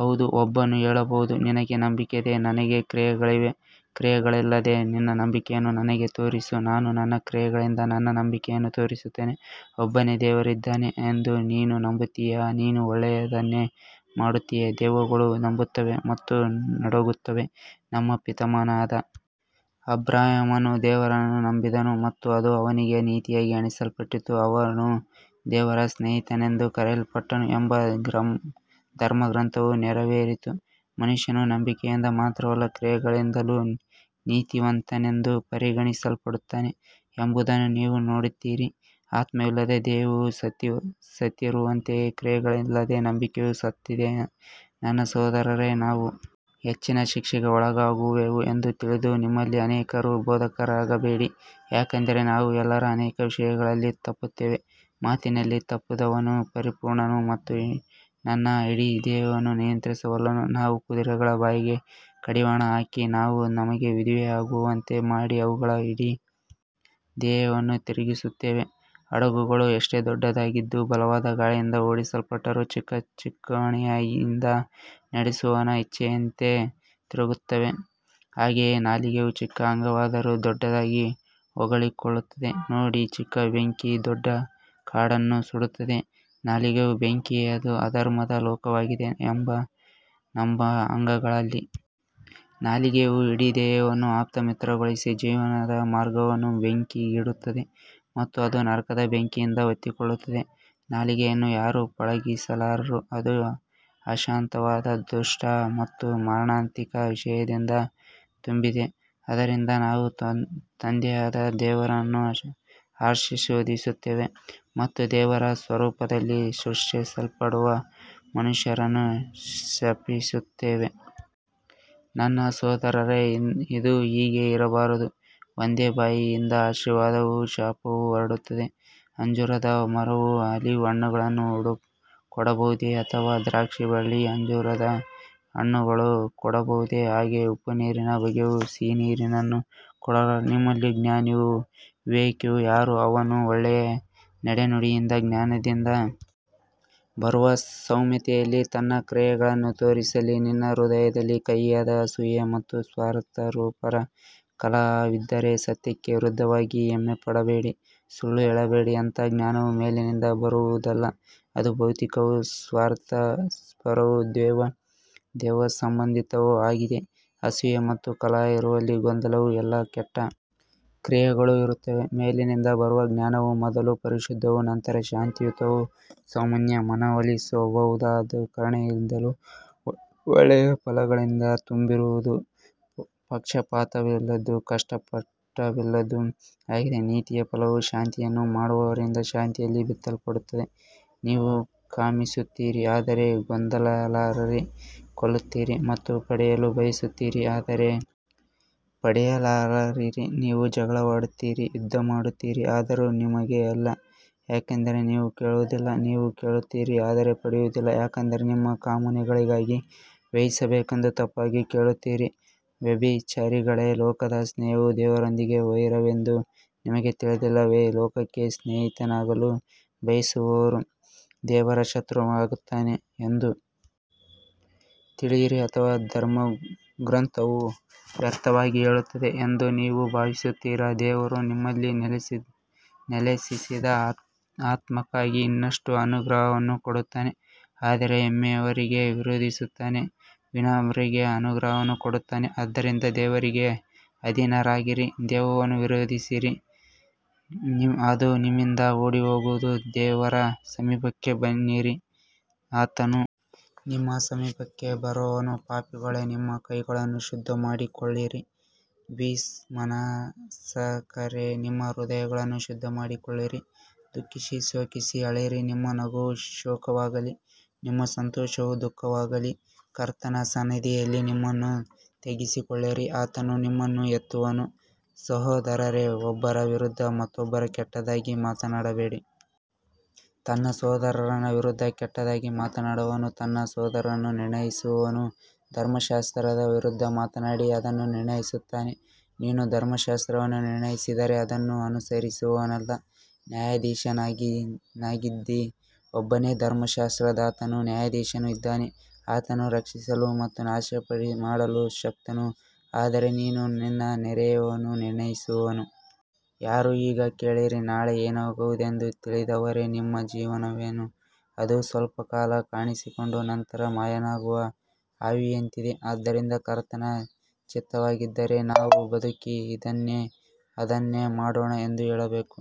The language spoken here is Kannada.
ಹೌದು ಒಬ್ಬನು ಹೇಳಬಹುದು ನಿನಗೆ ನಂಬಿಕೆ ಇದೆ ನನಗೆ ಕ್ರಿಯೆಗಳಿವೆ ಕ್ರಿಯೆಗಳಿಲ್ಲದೆ ನಿನ್ನ ನಂಬಿಕೆಯನ್ನು ನನಗೆ ತೋರಿಸು ನಾನು ನನ್ನ ಕ್ರಿಯೆಗಳಿಂದ ನನ್ನ ನಂಬಿಕೆಯನ್ನು ತೋರಿಸುತ್ತೇನೆ ಒಬ್ಬನೇ ದೇವರಿದ್ದಾನೆ ಎಂದು ನೀನು ನಂಬುತ್ತೀಯಾ ನೀನು ಒಳ್ಳೆಯದನ್ನೇ ಮಾಡುತ್ತೀಯೆ ದೆವ್ವಗಳೂ ನಂಬುತ್ತವೆ ಮತ್ತು ನಡುಗುತ್ತವೆ ನಮ್ಮ ಪಿತಾಮಹನಾದ ಅಬ್ರಹಾಮನು ದೇವರನ್ನು ನಂಬಿದನು ಮತ್ತು ಅದು ಅವನಿಗೆ ನೀತಿಯಾಗಿ ಎಣಿಸಲ್ಪಟ್ಟಿತು ಅವನು ದೇವರ ಸ್ನೇಹಿತನೆಂದು ಕರೆಯಲ್ಪಟ್ಟನು ಎಂಬ ಧರ್ಮಗ್ರಂಥವು ನೆರವೇರಿತು ಮನುಷ್ಯನು ನಂಬಿಕೆಯಿಂದ ಮಾತ್ರವಲ್ಲ ಕ್ರಿಯೆಗಳಿಂದಲೂ ನೀತಿವಂತನೆಂದು ಪರಿಗಣಿಸಲ್ಪಡುತ್ತಾನೆ ಎಂಬುದನ್ನು ನೀವು ನೋಡುತ್ತೀರಿ ಆತ್ಮವಿಲ್ಲದ ದೇಹವು ಸತ್ತಿರುವಂತೆಯೇ ಕ್ರಿಯೆಗಳಿಲ್ಲದ ನಂಬಿಕೆಯೂ ಸತ್ತಿದೆ ನನ್ನ ಸಹೋದರರೇ ನಾವು ಹೆಚ್ಚಿನ ಶಿಕ್ಷೆಗೆ ಒಳಗಾಗುವೆವು ಎಂದು ತಿಳಿದು ನಿಮ್ಮಲ್ಲಿ ಅನೇಕರು ಬೋಧಕರಾಗಬೇಡಿ ಯಾಕಂದರೆ ನಾವು ಎಲ್ಲರೂ ಅನೇಕ ವಿಷಯಗಳಲ್ಲಿ ತಪ್ಪುತ್ತೇವೆ ಮಾತಿನಲ್ಲಿ ತಪ್ಪದವನು ಪರಿಪೂರ್ಣನು ಮತ್ತು ತನ್ನ ಇಡೀ ದೇಹವನ್ನು ನಿಯಂತ್ರಿಸಬಲ್ಲನು ನಾವು ಕುದುರೆಗಳ ಬಾಯಿಗೆ ಕಡಿವಾಣ ಹಾಕಿ ಅವು ನಮಗೆ ವಿಧೇಯವಾಗುವಂತೆ ಮಾಡಿ ಅವುಗಳ ಇಡೀ ದೇಹವನ್ನು ತಿರುಗಿಸುತ್ತೇವೆ ಹಡಗುಗಳು ಎಷ್ಟೇ ದೊಡ್ಡದಾಗಿದ್ದು ಬಲವಾದ ಗಾಳಿಯಿಂದ ಓಡಿಸಲ್ಪಟ್ಟರೂ ಚಿಕ್ಕ ಚುಕ್ಕಾಣಿಯಿಂದ ನಡೆಸುವವನ ಇಚ್ಛೆಯಂತೆ ತಿರುಗುತ್ತವೆ ಹಾಗೆಯೇ ನಾಲಿಗೆಯೂ ಚಿಕ್ಕ ಅಂಗವಾದರೂ ದೊಡ್ಡದಾಗಿ ಹೊಗಳಿಕೊಳ್ಳುತ್ತದೆ ನೋಡಿ ಚಿಕ್ಕ ಬೆಂಕಿ ಎಷ್ಟು ದೊಡ್ಡ ಕಾಡನ್ನು ಸುಡುತ್ತದೆ ನಾಲಿಗೆಯೂ ಬೆಂಕಿಯೇ ಅದು ಅಧರ್ಮದ ಲೋಕವಾಗಿದೆ ನಮ್ಮ ಅಂಗಗಳಲ್ಲಿ ನಾಲಿಗೆಯು ಇಡೀ ದೇಹವನ್ನು ಅಪವಿತ್ರಗೊಳಿಸಿ ಜೀವನದ ಮಾರ್ಗವನ್ನು ಬೆಂಕಿಗಿಡುತ್ತದೆ ಮತ್ತು ಅದು ನರಕದ ಬೆಂಕಿಯಿಂದ ಹೊತ್ತಿಕೊಳ್ಳುತ್ತದೆ ನಾಲಿಗೆಯನ್ನು ಯಾರೂ ಪಳಗಿಸಲಾರರು ಅದು ಅಶಾಂತವಾದ ದುಷ್ಟ ಮತ್ತು ಮಾರಣಾಂತಿಕ ವಿಷದಿಂದ ತುಂಬಿದೆ ಅದರಿಂದ ನಾವು ತಂದೆಯಾದ ದೇವರನ್ನು ಆಶೀರ್ವದಿಸುತ್ತೇವೆ ಮತ್ತು ದೇವರ ಸ್ವರೂಪದಲ್ಲಿ ಸೃಷ್ಟಿಸಲ್ಪಟ್ಟ ಮನುಷ್ಯರನ್ನು ಶಪಿಸುತ್ತೇವೆ ನನ್ನ ಸಹೋದರರೇ ಇದು ಹೀಗೆ ಇರಬಾರದು ಒಂದೇ ಬಾಯಿಯಿಂದ ಆಶೀರ್ವಾದವೂ ಶಾಪವೂ ಹೊರಡುತ್ತವೆ ಅಂಜೂರದ ಮರವು ಆಲಿವ್ ಹಣ್ಣುಗಳನ್ನು ಕೊಡಬಹುದೇ ಅಥವಾ ದ್ರಾಕ್ಷಿಬಳ್ಳಿ ಅಂಜೂರದ ಹಣ್ಣುಗಳನ್ನು ಕೊಡಬಹುದೇ ಹಾಗೆಯೇ ಉಪ್ಪುನೀರಿನ ಬುಗ್ಗೆಯು ಸಿಹಿನೀರನ್ನು ಕೊಡಲಾರದು ನಿಮ್ಮಲ್ಲಿ ಜ್ಞಾನಿಯೂ ವಿವೇಕಿಯೂ ಯಾರು ಅವನು ಒಳ್ಳೆಯ ನಡೆನುಡಿಯಿಂದ ಜ್ಞಾನದಿಂದ ಬರುವ ಸೌಮ್ಯತೆಯಲ್ಲಿ ತನ್ನ ಕ್ರಿಯೆಗಳನ್ನು ತೋರಿಸಲಿ ನಿಮ್ಮ ಹೃದಯದಲ್ಲಿ ಕಹಿಯಾದ ಅಸೂಯೆ ಮತ್ತು ಸ್ವಾರ್ಥಪರ ಕಲಹವಿದ್ದರೆ ಸತ್ಯಕ್ಕೆ ವಿರುದ್ಧವಾಗಿ ಹೆಮ್ಮೆಪಡಬೇಡಿ ಸುಳ್ಳು ಹೇಳಬೇಡಿ ಇಂತಹ ಜ್ಞಾನವು ಮೇಲಿನಿಂದ ಬರುವುದಲ್ಲ ಅದು ಭೌತಿಕವೂ ಸ್ವಾರ್ಥಪರವೂ ದೆವ್ವಸಂಬಂಧಿತವೂ ಆಗಿದೆ ಅಸೂಯೆ ಮತ್ತು ಕಲಹ ಇರುವಲ್ಲಿ ಗೊಂದಲವೂ ಎಲ್ಲಾ ಕೆಟ್ಟ ಕ್ರಿಯೆಗಳೂ ಇರುತ್ತವೆ ಮೇಲಿನಿಂದ ಬರುವ ಜ್ಞಾನವು ಮೊದಲು ಪರಿಶುದ್ಧವೂ ನಂತರ ಶಾಂತಿಯುತವೂ ಸೌಮ್ಯವೂ ಮನವೊಲಿಸಬಹುದಾದದ್ದೂ ಕರುಣೆಯಿಂದಲೂ ಒಳ್ಳೆಯ ಫಲಗಳಿಂದಲೂ ತುಂಬಿರುವುದೂ ಪಕ್ಷಪಾತವಿಲ್ಲದ್ದೂ ಕಪಟವಿಲ್ಲದ್ದೂ ಆಗಿದೆ ನೀತಿಯ ಫಲವು ಶಾಂತಿಯನ್ನು ಮಾಡುವವರಿಂದ ಶಾಂತಿಯಲ್ಲಿ ಬಿತ್ತಲ್ಪಡುತ್ತದೆ ನೀವು ಕಾಮಿಸುತ್ತೀರಿ ಆದರೆ ಹೊಂದಲಾರಿರಿ ಕೊಲ್ಲುತ್ತೀರಿ ಮತ್ತು ಪಡೆಯಲು ಬಯಸುತ್ತೀರಿ ಆದರೆ ಪಡೆಯಲಾರಿರಿ ನೀವು ಜಗಳವಾಡುತ್ತೀರಿ ಯುದ್ಧಮಾಡುತ್ತೀರಿ ಆದರೂ ನಿಮಗೆ ಇಲ್ಲ ಯಾಕಂದರೆ ನೀವು ಕೇಳುವುದಿಲ್ಲ ನೀವು ಕೇಳುತ್ತೀರಿ ಆದರೆ ಪಡೆಯುವುದಿಲ್ಲ ಯಾಕಂದರೆ ನಿಮ್ಮ ಕಾಮನೆಗಳಿಗಾಗಿ ವ್ಯಯಿಸಬೇಕೆಂದು ತಪ್ಪಾಗಿ ಕೇಳುತ್ತೀರಿ ವ್ಯಭಿಚಾರಿಗಳೇ ಲೋಕದ ಸ್ನೇಹವು ದೇವರೊಂದಿಗೆ ವೈರವೆಂದು ನಿಮಗೆ ತಿಳಿದಿಲ್ಲವೇ ಲೋಕಕ್ಕೆ ಸ್ನೇಹಿತನಾಗಲು ಬಯಸುವವನು ದೇವರ ಶತ್ರುವಾಗುತ್ತಾನೆ ಎಂದು ತಿಳಿಯಿರಿ ಅಥವಾ ಧರ್ಮಗ್ರಂಥವು ವ್ಯರ್ಥವಾಗಿ ಹೇಳುತ್ತದೆ ಎಂದು ನೀವು ಭಾವಿಸುತ್ತೀರಾ ದೇವರು ನಮ್ಮಲ್ಲಿ ನೆಲೆಸಿಸಿದ ಆತ್ಮಕ್ಕಾಗಿ ಇನ್ನಷ್ಟು ಅನುಗ್ರಹವನ್ನು ಕೊಡುತ್ತಾನೆ ಆದರೆ ಹೆಮ್ಮೆಯವರಿಗೆ ವಿರೋಧಿಸುತ್ತಾನೆ ವಿನಮ್ರರಿಗೆ ಅನುಗ್ರಹವನ್ನು ಕೊಡುತ್ತಾನೆ ಆದ್ದರಿಂದ ದೇವರಿಗೆ ಅಧೀನರಾಗಿರಿ ದೆವ್ವವನ್ನು ವಿರೋಧಿಸಿರಿ ಅದು ನಿಮ್ಮಿಂದ ಓಡಿಹೋಗುವುದು ದೇವರ ಸಮೀಪಕ್ಕೆ ಬನ್ನಿರಿ ಆತನು ನಿಮ್ಮ ಸಮೀಪಕ್ಕೆ ಬರುವನು ಪಾಪಿಗಳೇ ನಿಮ್ಮ ಕೈಗಳನ್ನು ಶುದ್ಧಮಾಡಿಕೊಳ್ಳಿರಿ ದ್ವಿಮನಸ್ಕರೇ ನಿಮ್ಮ ಹೃದಯಗಳನ್ನು ಶುದ್ಧಮಾಡಿಕೊಳ್ಳಿರಿ ದುಃಖಿಸಿ ಶೋಕಿಸಿ ಅಳಿರಿ ನಿಮ್ಮ ನಗುವು ಶೋಕವಾಗಲಿ ನಿಮ್ಮ ಸಂತೋಷವು ದುಃಖವಾಗಲಿ ಕರ್ತನ ಸನ್ನಿಧಿಯಲ್ಲಿ ನಿಮ್ಮನ್ನು ತಗ್ಗಿಸಿಕೊಳ್ಳಿರಿ ಆತನು ನಿಮ್ಮನ್ನು ಎತ್ತುವನು ಸಹೋದರರೇ ಒಬ್ಬರ ವಿರುದ್ಧ ಮತ್ತೊಬ್ಬರು ಕೆಟ್ಟದಾಗಿ ಮಾತನಾಡಬೇಡಿ ತನ್ನ ಸಹೋದರನ ವಿರುದ್ಧ ಕೆಟ್ಟದಾಗಿ ಮಾತನಾಡುವವನೂ ತನ್ನ ಸಹೋದರನನ್ನು ನಿರ್ಣಯಿಸುವವನೂ ಧರ್ಮಶಾಸ್ತ್ರದ ವಿರುದ್ಧ ಮಾತನಾಡಿ ಅದನ್ನು ನಿರ್ಣಯಿಸುತ್ತಾನೆ ನೀನು ಧರ್ಮಶಾಸ್ತ್ರವನ್ನು ನಿರ್ಣಯಿಸಿದರೆ ಅದನ್ನು ಅನುಸರಿಸುವವನಲ್ಲ ನ್ಯಾಯಾಧೀಶನಾಗಿದ್ದೀ ಒಬ್ಬನೇ ಧರ್ಮಶಾಸ್ತ್ರದಾತನೂ ನ್ಯಾಯಾಧೀಶನೂ ಇದ್ದಾನೆ ಆತನು ರಕ್ಷಿಸಲು ಮತ್ತು ನಾಶಮಾಡಲು ಶಕ್ತನು ಆದರೆ ನೀನು ನಿನ್ನ ನೆರೆಯವನನ್ನು ನಿರ್ಣಯಿಸುವವನು ಯಾರು ಈಗ ಕೇಳಿರಿ ನಾಳೆ ಏನಾಗುವುದೆಂದು ತಿಳಿಯದವರೇ ನಿಮ್ಮ ಜೀವನವೇನು ಅದು ಸ್ವಲ್ಪಕಾಲ ಕಾಣಿಸಿಕೊಂಡು ನಂತರ ಮಾಯವಾಗುವ ಆವಿಯಂತಿದೆ ಆದ್ದರಿಂದ ಕರ್ತನ ಚಿತ್ತವಾಗಿದ್ದರೆ ನಾವು ಬದುಕಿ ಇದನ್ನೋ ಅದನ್ನೋ ಮಾಡೋಣ ಎಂದು ಹೇಳಬೇಕು